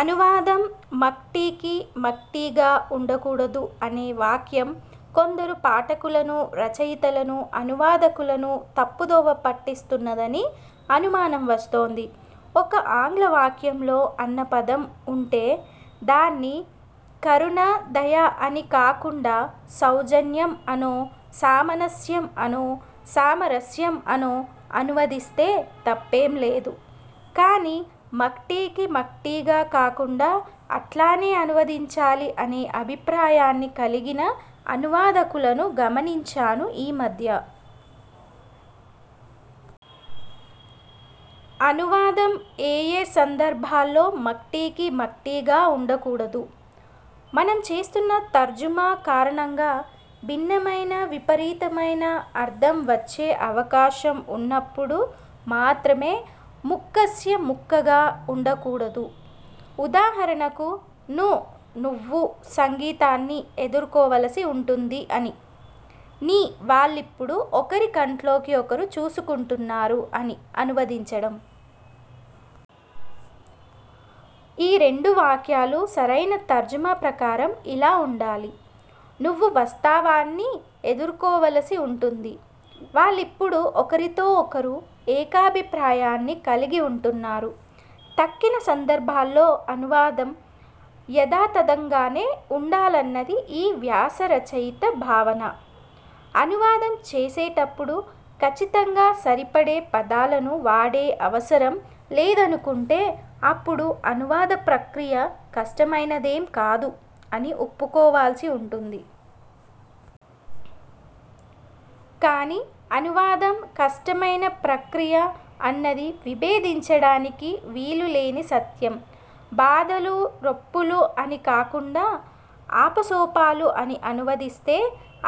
అనువాదం మక్టికి మక్టిగా ఉండకూడదు, అనే వాక్యం కొందరు పాఠకులను, రచయితలను, అనువాదకులను తప్పుదోవ పట్టిస్తున్నదని అనుమానం వస్తోంది. ఒక ఆంగ్లవాక్యంలో అన్న పదం ఉంటే, దాన్ని కరుణ దయ అని కాకుండా సౌజన్యం అనో, సౌమనస్యం అనో, సామరస్యం అనో అనువదిస్తే తప్పేం లేదు; కానీ మక్టికి మక్టిగా కాకుండా అట్లానే అనువదించాలి అనే అభిప్రాయాన్ని కలిగిన అనువాదకులను గమనించాను ఈ మధ్య. అనువాదం ఏయే సందర్భాల్లో మట్టికి మట్టిగా ఉండకూడదు? మనం చేస్తున్న తర్జుమా కారణంగా భిన్నమైన, విపరీతమైన అర్థం వచ్చే అవకాశం ఉన్నప్పుడు మాత్రమే ముక్కస్య ముక్కగా ఉండకూడదు. ఉదాహరణకు ' 'ను నువ్వు సంగీతాన్ని ఎదుర్కోవలసి ఉంటుంది అని, ' 'ని వాళ్లిప్పుడు ఒకరి కంట్లోకి ఒకరు చూసుకుంటున్నారు అని అనువదించడం. ఈ రెండు వాక్యాలు సరైన తర్జుమా ప్రకారం ఇలా ఉండాలి: నువ్వు వాస్తవాన్ని ఎదుర్కోవలసి ఉంటుంది; వాళ్లిప్పుడు ఒకరితో ఒకరు ఏకాభిప్రాయాన్ని కలిగి ఉంటున్నారు. తక్కిన సందర్భాల్లో అనువాదం యథాతథంగానే ఉండాలన్నది ఈ వ్యాసరచయిత భావన. 'అనువాదం' చేసేటప్పుడు కచ్చితంగా సరిపడే పదాలను వాడే అవసరం లేదనుకుంటే, అప్పుడు అనువాద ప్రక్రియ కష్టమైనదేం కాదు అని ఒప్పుకోవలసి ఉంటుంది. కాని, అనువాదం కష్టమైన ప్రక్రియ అన్నది విభేదించడానికి వీలు లేని సత్యం. బాధలు ొప్పులు అని కాకుండా ఆపసోపాలు అని అనువదిస్తే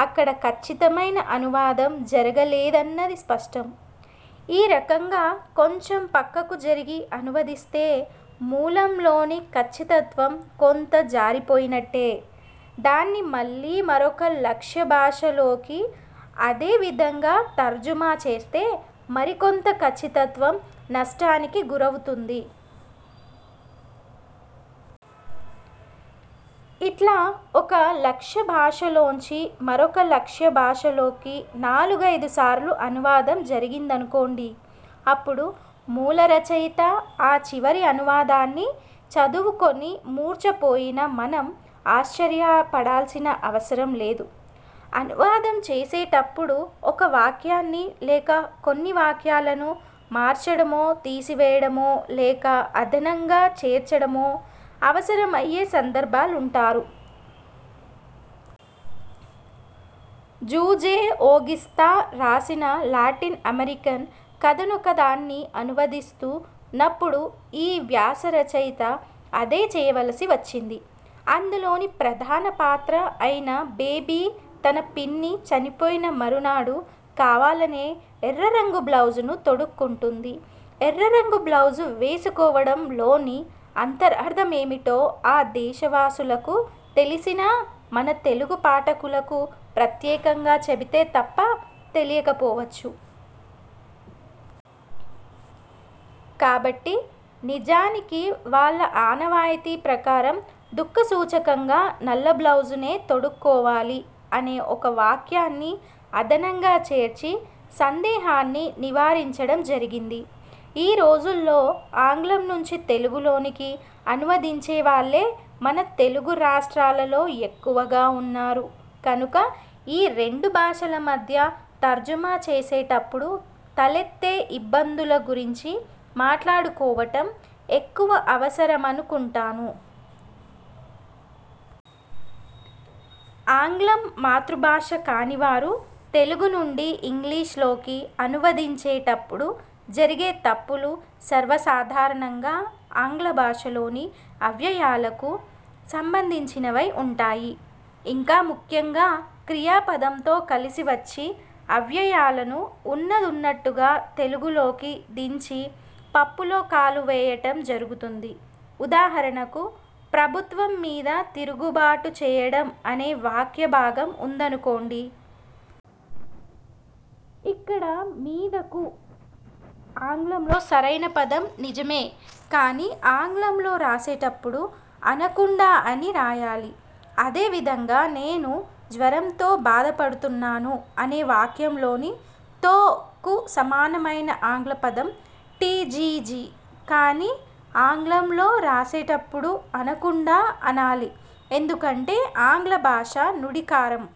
అక్కడ కచ్చితమైన అనువాదం జరగలేదన్నది స్పష్టం. ఈ రకంగా కొంచెం పక్కకు జరిగి అనువదిస్తే మూలంలోని కచ్చితత్వం కొంత జారిపోయినట్టే. దాన్ని మళ్లీ మరొక లక్ష్యభాష లోకి అదే విధంగా తర్జుమా చేస్తే మరికొంత కచ్చితత్వం నష్టానికి గురవుతుంది. ఇట్లా ఒక లక్ష్యభాషలోంచి మరొక లక్ష్యభాషలోకి నాలుగైదు సార్లు అనువాదం జరిగిందనుకోండి; అప్పుడు మూలరచయిత ఆ చివరి అనువాదాన్ని చదువుకుని మూర్ఛపోయినా మనం ఆశ్చర్యపడాల్సిన అవసరం లేదు! అనువాదం చేసేటప్పుడు ఒక వాక్యాన్ని, లేక కొన్ని వాక్యాలను మార్చడమో తీసివేయడమో లేక అదనంగా చేర్చడమో అవసరమయ్యే సందర్భాలుంటారు. జూజే ఓగిస్తా రాసిన లాటిన్ అమెరికన్ కథనొకదాన్ని అనువదిస్తు న్నప్పుడు ఈ వ్యాసరచయిత అదే చేయవలసి వచ్చింది. అందులోని ప్రధానపాత్ర అయిన బేబీ, తన పిన్ని చనిపోయిన మరునాడు కావాలనే ఎర్రరంగు బ్లౌజును తొడుక్కుంటుంది. ఎర్రరంగు బ్లౌజు వేసుకోవడం లోని అంతరార్థమేమిటో ఆ దేశవాసులకు తెలిసినా మన తెలుగు పాఠకులకు ప్రత్యేకంగా చెబితే తప్ప తెలియకపోవచ్చు. కాబట్టి 'నిజానికి వాళ్ల ఆనవాయితీ ప్రకారం దుఃఖసూచకంగా నల్లబ్లౌజునే తొడుక్కోవాలి' అనే ఒక వాక్యాన్ని అదనంగా చేర్చి సందేహాన్ని నివారించడం జరిగింది. ఈ రోజుల్లో ఆంగ్లం నుంచి తెలుగులోనికి అనువదించేవాళ్లే మన తెలుగు రాష్ట్రాలలో ఎక్కువగా ఉన్నారు కనుక, ఈ రెండు భాషల మధ్య తర్జుమా చేసేటప్పుడు తలెత్తే ఇబ్బందుల గురించి మాట్లాడుకోవటం ఎక్కువ అవసరమను కుంటాను. ఆంగ్లం మాతృభాష కానివారు తెలుగు నుండి ఇంగ్లిష్ లోకి అనువదిం చేటప్పుడు జరిగే తప్పులు సర్వసాధారణంగా ఆంగ్లభాషలోని అవ్యయాలకు సంబంధించినవై ఉంటాయి. ఇంకా ముఖ్యంగా, క్రియాపదంతో కలిసి వచ్చే అవ్యయాలను ఉన్నదున్నట్టుగా తెలుగులోకి దించి, పప్పులో కాలు వేయటం జరుగుతుంది. ఉదాహరణకు, ప్రభుత్వం మీద తిరుగుబాటు చేయడం అనే వాక్యభాగం ఉందనుకోండి. ఇక్కడ 'మీద'కు ఆంగ్లంలో సరైన పదం, నిజమే. కాని, ఆంగ్లంలో రాసేటప్పుడు అనకుండా అని రాయాలి. అదే విధంగా నేను జ్వరంతో బాధ పడుతున్నాను అనే వాక్యంలోని 'తో' కు సమానమైన ఆంగ్లపదం ఠీజ్టీజి. కాని, ఆంగ్లంలో రాసేటప్పుడు అనకుండా, అనాలి. ఎందుకంటే, ఆంగ్లభాషా నుడికారం